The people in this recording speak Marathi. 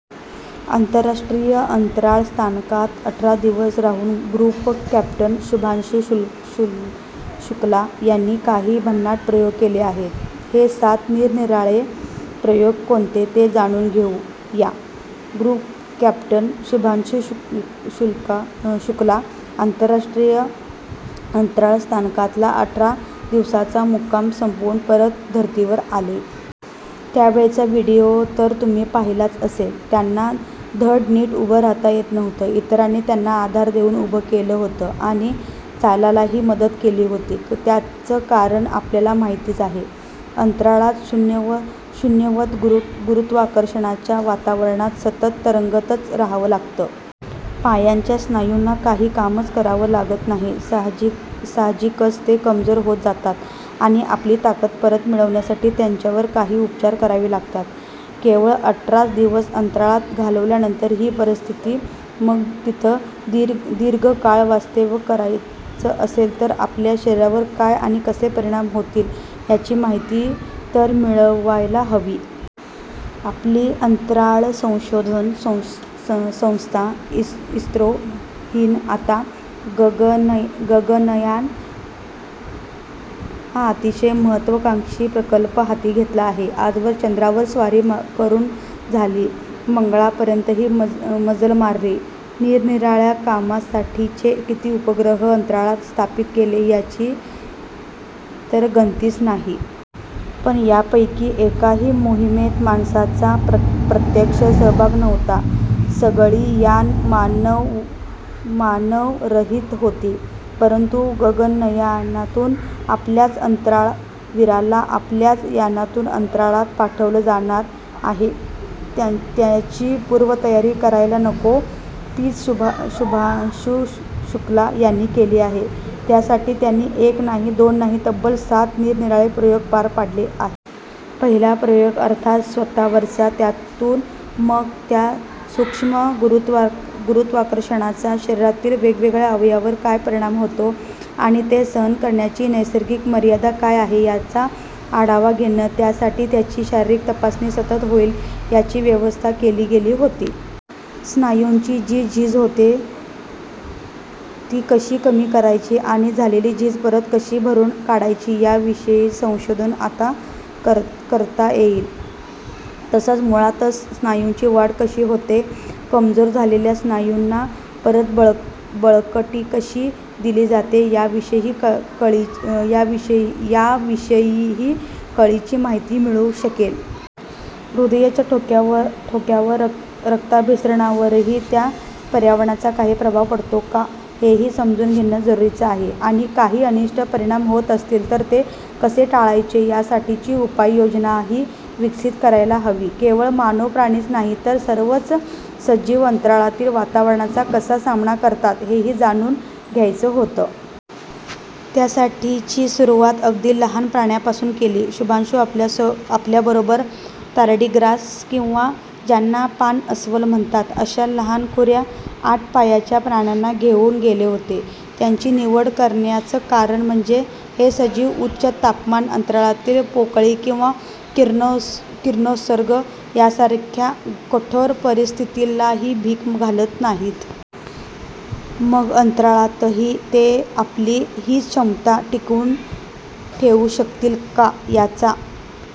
आंतरराष्ट्रीय अंतराळ स्थानकात अठरा दिवस राहून ग्रुप कॅप्टन शुभांशु शुक्ला यांनी काही भन्नाट प्रयोग केले आहेत. हे सात निरनिराळे प्रयोग कोणते, ते जाणून घेऊ या. Group captain Shubhanshu Shukla. आंतरराष्ट्रीय अंतराळ स्थानकातला अठरा दिवसांचा मुक्काम संपवून परत धरतीवर आले. त्यावेळचा व्हिडिओ तर तुम्ही पाहिलाच असेल. त्यांना धड नीट उभं राहता येत नव्हतं. इतरांनी त्यांना आधार देऊन उभं केलं होतं आणि चालायलाही मदत केली होती. त्याचं कारण आपल्याला माहितीच आहे. अंतराळात शून्यवत गुरुत्वाकर्षणाच्या वातावरणात सतत तरंगतच राहावं लागतं. पायांच्या स्नायूंना काही कामच करावं लागत नाही. साहजिकच ते कमजोर होत जातात. आणि आपली ताकद परत मिळवण्यासाठी त्यांच्यावर काही उपचार करावे लागतात. केवळ अठराच दिवस अंतराळात घालवल्यानंतर ही परिस्थिती. मग तिथं दीर्घ काळ वास्तव्य करायचं असेल तर आपल्या शरीरावर काय आणि कसे परिणाम होतील, याची माहिती तर मिळवायला हवी. आपली अंतराळसंशोधन संस्था इस्रो हिनं आता गगनयान हा अतिशय महत्त्वाकांक्षी प्रकल्प हाती घेतला आहे. आजवर चंद्रावर स्वारी करून झाली, मंगळापर्यंतही मजल मारली, निरनिराळ्या कामांसाठीचे किती उपग्रह अंतराळात स्थापित केले यांची तर गणतीच नाही. पण यांपैकी एकाही मोहिमेत माणसाचा प्रत्यक्ष सहभाग नव्हता. सगळी यानं मानवरहित होती, परंतु गगनयानातून आपल्याच अंतराळवीराला आपल्याच यानातून अंतराळात पाठवलं जाणार आहे. त्याची पूर्वतयारी करायला नको? तीच शुभांशु शुक्ला यांनी केली आहे. त्यासाठी त्यांनी एक नाही, दोन नाही, तब्बल सात निरनिराळे प्रयोग पार पाडले आहेत. पहिला प्रयोग अर्थात स्वतःवरचा. त्यातून मग त्या सूक्ष्म गुरुत्वाकर्षणाचा शरीरातील वेगवेगळ्या अवयवांवर काय परिणाम होतो आणि ते सहन करण्याची नैसर्गिक मर्यादा काय आहे, याचा आढावा घेणं त्यासाठी त्यांची शारीरिक तपासणी सतत होईल याची व्यवस्था केली गेली होती. स्नायूंची जी झीज होते, ती कशी कमी करायची आणि झालेली झीज परत कशी भरून काढायची याविषयीचं संशोधन आता करता येईल. तसंच मुळातच स्नायूंची वाढ कशी होते, कमजोर झालेल्या स्नायूंना परत बळकटी कशी दिली जाते याविषयीही कळीची माहिती मिळू शकेल. हृदयाच्या ठोक्यांवर, रक्ताभिसरणावरही, त्या पर्यावरणाचा काही प्रभाव पडतो का, हेही समजून घेणं जरुरीचं आहे. आणि काही अनिष्ट परिणाम होत असतील तर ते कसे टाळायचे यासाठीची उपाययोजनाही विकसित करायला हवी. केवळ मानवप्राणीच नाही तर सर्वच सजीव, अंतराळातील वातावरणाचा कसा सामना करतात, हेही जाणून घ्यायचं होतं. त्यासाठीची सुरुवात अगदी लहान प्राण्यांपासून केली. शुभांशु आपल्याबरोबर तारडीग्रास, किंवा ज्यांना पाणअस्वल म्हणतात, अशा लहानखुऱ्या आठ पायांच्या प्राण्यांना घेऊन गेले होते. त्यांची निवड करण्याचं कारण म्हणजे हे सजीव उच्च तापमान, अंतराळातील पोकळी किंवा किरणोत्सर्ग यांसारख्या कठोर परिस्थितीलाही भीक घालत नाहीत. मग अंतराळातही ते आपली हीच क्षमता टिकवून ठेवू शकतील का, याचा